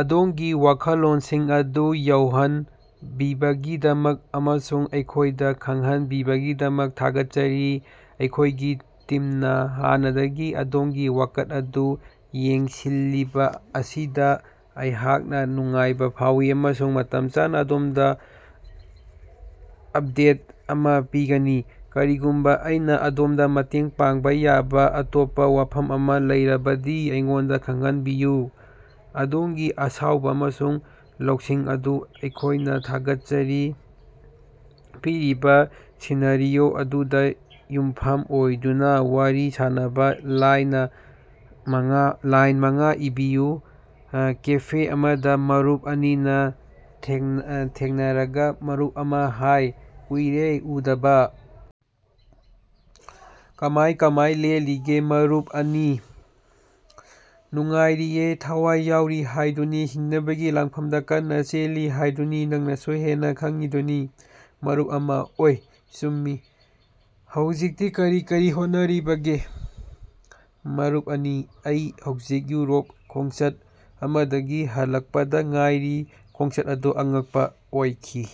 ꯑꯗꯣꯝꯒꯤ ꯋꯥꯈꯜꯂꯣꯟꯁꯤꯡ ꯑꯗꯨ ꯌꯧꯍꯟꯕꯤꯕꯒꯤꯗꯃꯛ ꯑꯃꯁꯨꯡ ꯑꯩꯈꯣꯏꯗ ꯈꯪꯍꯟꯕꯤꯕꯒꯤꯗꯃꯛ ꯊꯥꯒꯠꯆꯔꯤ꯫ ꯑꯩꯈꯣꯏꯒꯤ ꯇꯤꯝꯅ ꯍꯥꯟꯅꯗꯒꯤ ꯑꯗꯣꯝꯒꯤ ꯋꯥꯀꯠ ꯑꯗꯨ ꯌꯦꯡꯁꯤꯜꯂꯤꯕ ꯑꯁꯤꯗ ꯑꯩꯍꯥꯛ ꯅꯨꯡꯉꯥꯏꯕ ꯐꯥꯎꯏ ꯑꯃꯁꯨꯡ ꯃꯇꯝ ꯆꯥꯅ ꯑꯗꯣꯝꯗ ꯑꯞꯗꯦꯠ ꯑꯃ ꯄꯤꯒꯅꯤ꯫ ꯀꯔꯤꯒꯨꯝꯕ ꯑꯩꯅ ꯑꯗꯣꯝꯗ ꯃꯇꯦꯡ ꯄꯥꯡꯕ ꯌꯥꯕ ꯑꯇꯣꯞꯄ ꯋꯥꯐꯝ ꯑꯃ ꯂꯩꯔꯕꯗꯤ ꯑꯩꯉꯣꯟꯗ ꯈꯪꯍꯟꯕꯤꯌꯨ꯫ ꯑꯗꯣꯝꯒꯤ ꯑꯁꯥꯎꯕ ꯑꯃꯁꯨꯡ ꯂꯧꯁꯤꯡ ꯑꯗꯨ ꯑꯩꯈꯣꯏꯅ ꯊꯥꯒꯠꯆꯔꯤ꯫ ꯄꯤꯔꯤꯕ ꯁꯤꯅꯥꯔꯤꯑꯣ ꯑꯗꯨꯗ ꯌꯨꯝꯐꯝ ꯑꯣꯏꯗꯨꯅ ꯋꯥꯔꯤ ꯁꯥꯟꯅꯕ ꯂꯥꯏꯅ ꯂꯥꯏꯟ ꯃꯉꯥ ꯏꯕꯤꯌꯨ꯫ ꯀꯦꯐꯦ ꯑꯃꯗ ꯃꯔꯨꯞ ꯑꯅꯤꯅ ꯊꯦꯡꯅꯔꯛꯄꯥ- ꯃꯔꯨꯞ ꯑꯃ: ꯍꯥꯏ, ꯀꯨꯏꯔꯦ ꯎꯗꯕ! ꯀꯃꯥꯏ ꯀꯃꯥꯏ ꯂꯦꯜꯂꯤꯒꯦ? ꯃꯔꯨꯞ ꯑꯅꯤ: ꯅꯨꯡꯉꯥꯏꯔꯤꯌꯦ, ꯊꯋꯥꯏ ꯌꯥꯎꯔꯤ ꯍꯥꯏꯗꯨꯅꯤ ꯍꯤꯡꯅꯕꯒꯤ ꯂꯥꯟꯐꯝꯗ ꯀꯟꯅ ꯆꯦꯜꯂꯤ ꯍꯥꯏꯗꯨꯅꯤ ꯅꯪꯅꯁꯨ ꯍꯦꯟꯅ ꯈꯪꯉꯤꯗꯨꯅꯤ꯫ ꯃꯔꯨꯞ ꯑꯃ: ꯑꯣꯏ, ꯆꯨꯝꯃꯤ꯫ꯍꯧꯖꯤꯛꯇꯤ ꯀꯔꯤ ꯀꯔꯤ ꯍꯣꯠꯅꯔꯤꯕꯒꯦ? ꯃꯔꯨꯞ ꯑꯅꯤ: ꯑꯩ ꯍꯧꯖꯤꯛ ꯌꯨꯔꯣꯞꯀꯤ ꯈꯣꯡꯆꯠ ꯑꯃꯗꯒꯤ ꯍꯜꯂꯛꯄꯗ ꯉꯥꯏꯔꯤ꯫ ꯈꯣꯡꯆꯠ ꯑꯗꯣ ꯑꯉꯛꯄ ꯑꯣꯏꯈꯤ!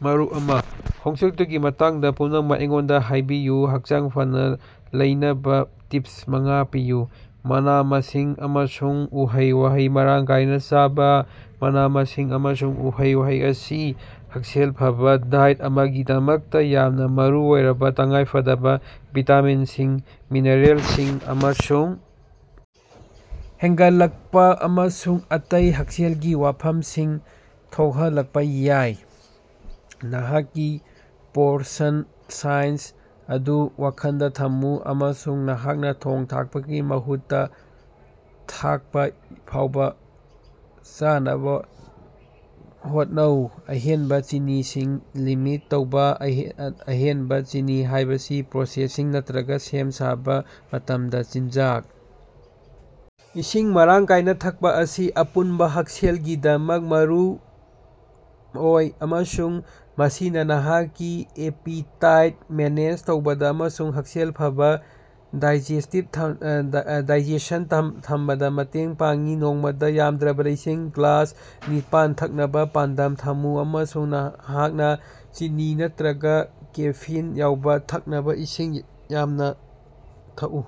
ꯃꯔꯨꯞ ꯑꯃ: ꯈꯣꯡꯆꯠꯇꯨꯒꯤ ꯃꯇꯥꯡꯗ ꯄꯨꯝꯅꯃꯛ ꯑꯩꯉꯣꯟꯗ ꯍꯥꯏꯕꯤꯌꯨ꯫ ꯍꯛꯆꯥꯡ ꯐꯅ ꯂꯩꯅꯕ ꯇꯤꯞ ꯃꯉꯥ ꯄꯤꯌꯨ꯫ ꯃꯅꯥ-ꯃꯁꯤꯡ ꯑꯃꯁꯨꯡ ꯎꯍꯩ-ꯋꯥꯍꯩ ꯃꯔꯥꯡ ꯀꯥꯏꯅ ꯆꯥꯕ: ꯃꯅꯥ-ꯃꯁꯤꯡ ꯑꯃꯁꯨꯡ ꯎꯍꯩ-ꯋꯥꯍꯩꯁꯤꯡ ꯑꯁꯤ ꯍꯛꯁꯦꯜ ꯐꯕ ꯗꯥꯏꯠ ꯑꯃꯒꯤꯗꯃꯛꯇ ꯌꯥꯝꯅ ꯃꯔꯨꯑꯣꯏꯔꯕ ꯇꯉꯥꯏꯐꯗꯕ ꯚꯤꯇꯥꯃꯤꯟꯁꯤꯡ, ꯃꯤꯅꯔꯦꯜꯁꯤꯡ ꯑꯃꯁꯨꯡ ꯍꯦꯟꯒꯠꯂꯛꯄ ꯑꯃꯁꯨꯡ ꯑꯇꯩ ꯍꯛꯁꯦꯜꯒꯤ ꯋꯥꯐꯝꯁꯤꯡ ꯊꯣꯛꯍꯜꯂꯛꯄ ꯌꯥꯏ꯫ ꯅꯍꯥꯛꯀꯤ ꯄꯣꯔꯁꯟ ꯁꯥꯏꯖꯁꯤꯡ ꯑꯗꯨ ꯋꯥꯈꯜꯗ ꯊꯝꯃꯨ ꯑꯃꯁꯨꯡ ꯅꯍꯥꯛꯅ ꯊꯣꯡ-ꯊꯥꯛꯄꯒꯤ ꯃꯍꯨꯠꯇ ꯊꯛꯄ ꯐꯥꯎꯕ ꯆꯥꯅꯕ ꯍꯣꯠꯅꯧ꯫ ꯑꯍꯦꯟꯕ ꯆꯤꯅꯤꯁꯤꯡ ꯂꯤꯃꯤꯠ ꯇꯧꯕ: ꯑꯍꯦꯟꯕ ꯆꯤꯅꯤ ꯍꯥꯏꯕꯁꯤ ꯄ꯭ꯔꯣꯁꯦꯁꯤꯡ ꯅꯠꯇ꯭ꯔꯒ ꯁꯦꯝ-ꯁꯥꯕ ꯃꯇꯝꯗ ꯆꯤꯟꯖꯥꯛ ꯏꯁꯤꯡ ꯃꯔꯥꯡ ꯀꯥꯏꯅ ꯊꯛꯄ ꯑꯁꯤ ꯑꯄꯨꯟꯕ ꯍꯛꯁꯦꯜꯒꯤꯗꯃꯛ ꯃꯔꯨꯑꯣꯏ ꯑꯃꯁꯨꯡ ꯃꯁꯤꯅ ꯅꯍꯥꯛꯀꯤ ꯑꯦꯄꯦꯇꯥꯏꯠ ꯃꯦꯅꯦꯖ ꯇꯧꯕꯗ ꯑꯃꯁꯨꯡ ꯍꯛꯁꯦꯜ ꯐꯕ ꯗꯥꯏꯖꯦꯁꯟ ꯊꯝꯕꯗ ꯃꯇꯦꯡ ꯄꯥꯡꯏ꯫ ꯅꯣꯡꯃꯗ ꯌꯥꯝꯗ꯭ꯔꯕꯗ ꯏꯁꯤꯡ ꯒ꯭ꯂꯥꯁ ꯅꯤꯄꯥꯟ ꯊꯛꯅꯕ ꯄꯥꯟꯗꯝ ꯊꯝꯃꯨ ꯑꯃꯁꯨꯡ ꯅꯍꯥꯛꯅ ꯆꯤꯅꯤ ꯅꯠꯇ꯭ꯔꯒ ꯀꯦꯐꯤꯟ ꯌꯥꯎꯕ ꯊꯛꯅꯕ ꯏꯁꯤꯡ ꯌꯥꯝꯅ ꯊꯛꯎ꯫